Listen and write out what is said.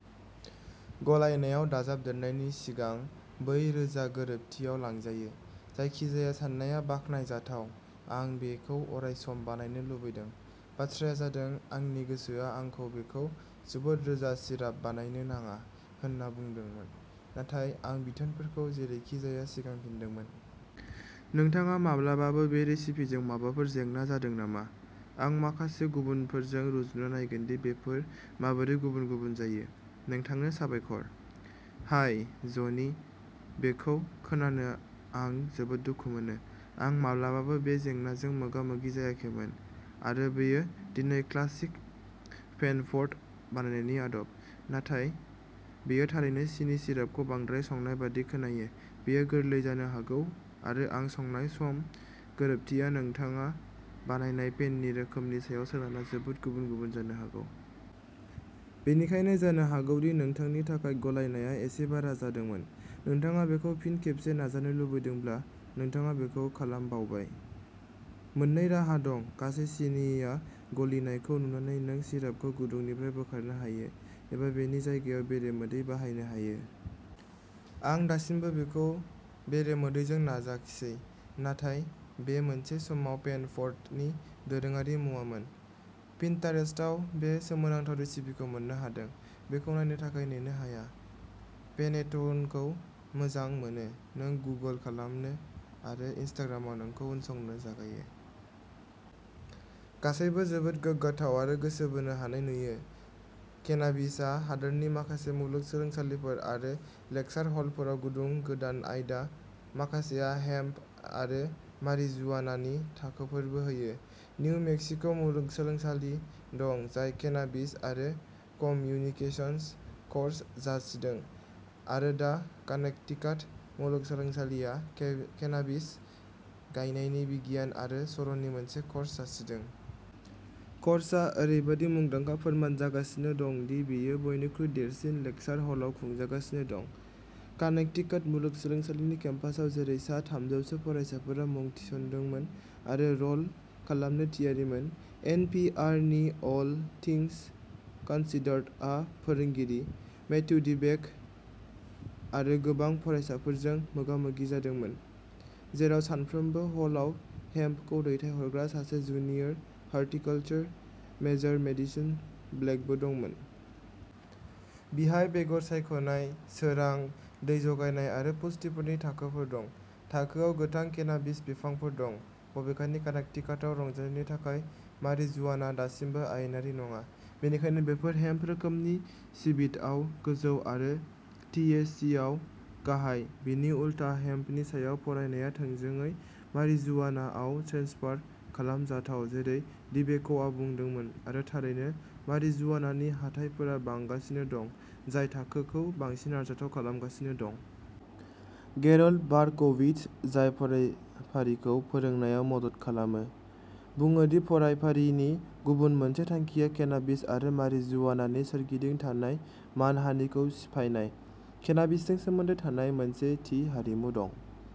गलायनायाव दाजाबदेरनायनि सिगां बै रोजा गोरोबथियाव लांजायो। जायखिजाया साननाया बाख्नायजाथाव। आं बेखौ अरायसम बानायनो लुबैदों। बाथ्राया जादों, आंनि गोसोआ आंखौ बेखौ जोबोद रोजा सिराप बानायनो नाङा होनना बुंदोंमोन, नाथाय आं बिथोनफोरखौ जेरैखिजाया सिगांफिनदोंमोन। नोंथाङा माब्लाबाबो बे रेसिपिजों माबाफोर जेंना जादों नामा? आं माखासे गुबुनफोरजों रुजुना नायगोन दि बेफोर माबोरै गुबुन गुबुन जायो। नोंथांनो साबायखर! हाय ज'नि, बेखौ खोनानो आं जोबोद दुखु मोनो। आं माब्लाबाबो बे जेंनाजों मोगा मोगि जायाखैमोन आरो बेयो दिनैनि क्लासिक पेनफर्ट बानायनायनि आदब, नाथाय बेयो थारैनो सिनि सिरापखौ बांद्राय संनाय बायदि खोनायो बेयो गोरलैयै जानो हागौ आरो आं संनाय सम गोरोबथिया नोंथाङा बाहायनाय पेननि रोखोमनि सायाव सोनारना जोबोद गुबुन गुबुन जानो हागौ। बेनिखायनो जानो हागौ दि नोंथांनि थाखाय गलायनाया एसे बारा जादोंमोन। नोंथाङा बेखौ फिन खेबसे नाजानो लुबैदोंब्ला, नोंथाङा बेखौ खालामबावबाय। मोननै राहा दं गासै सिनिआ गलिनायखौ नुनानै नों सिरापखौ गुदुंनिफ्राय बोखारनो हायो एबा बेनि जायगायाव बेरे मोदै बाहायनो हायो। आं दासिमबो बेखौ बेरे मोदैजों नाजाखिसै नाथाय बेयो मोनसे समाव पेनफर्टनि दोरोङारि मुवामोन। पिन्टारेस्टआव बे सोमोनांथाव रेसिपिखौ मोन्नो हादों, बेखौ नायनो थाखाय नेनो हाया पेनेट'नखौ मोजां मोनो, नोंखौ गुगल खालामो आरो इनस्टाग्रामआव नोंखौ उनसंनो जागायो। गासैबो जोबोद गोथाव आरो गोसो बोनो हानाय नुयो। केनाबिसआ हादोरनि माखासे मुलुगसोलोंसालिफोर आरो लेकसार हलफोराव गुदुं गोदान आयदा, माखासेआ हेम्प आरो मारिजुआनानि थाखोफोरबो होयो। निउ मेक्सिक' मुलुगसोलोंसालि दं, जाय केनाबिस आरो कम्युनिकेशंस' कर्स जासिदों आरो दा कानेक्टिकाट मुलुगसोलोंसालिया केनाबिस गायनायनि बिगियान आरो सर'नि मोनसे कर्स जासिदों। कर्सआ ओरैबादि मुंदांखा फोरमान जागासिनो दं दि बेयो बयनिख्रुइ देरसिन लेकसार हलाव खुंजागासिनो दं। कानेक्टिकाट मुलुगसोलोंसालिनि केम्पासआव, जेराव सा थामजौसो फरायसाफोरा मुं थिसनदोंमोन आरो रल खालामनो थियारिमोन। एन पि आर नि अल थिंस कन्सिडर्डआ फोरोंगिरि, मैथ्यू डिबेक' आरो गोबां फरायसाफोरजों मोगा मोगि जादोंमोन, जेराव सानफ्रोमबो ह'लाव हेम्पखौ दैथायहरग्रा सासे, जुनियर हर्टिकल्चर मेजर मेडिसन ब्लेकबो दंमोन। बिहाय बेगर सायख'नाय, सोरां, दै जगायनाय आरो पुष्टिफोरनि थाखोफोर दं। थाखोयाव गोथां केनाबिस बिफांफोर दं। बबेखानि, कानेक्टिकाटआव रंजानायनि थाखाय मारिजुआना दासिमबो आयेनारि नङा, बेनिखायनो बेफोर हेम्प रोखोमनि सिबिडिआव गोजौ आरो टिएचसिआव गाहाय। बिनि उलथा, हेम्पनि सायाव फरायनाया थोंजोङै मारिजुआनाआव ट्रेन्सफार खालामजाथाव, जेरै डिबेक'आ बुंदोंमोन आरो थारैनो, मारिजुआनानि हाथाइफोरा बांगासिनो दं, जाय थाखोखौ बांसिन आरजाथाव खालामगासिनो दं। गेरल्ड बारक'विट्स, जाय फरायफारिखौ फोरोंनायाव मदद खालामो, बुङो दि फरायफारिनि गुबुन मोनसे थांखिया केनाबिस आरो मारिजुआनानि सोरगिदिं थानाय मानहानिखौ सिफायनाय। केनाबिसजों सोमोन्दो थानाय मोनसे थि हारिमु दं।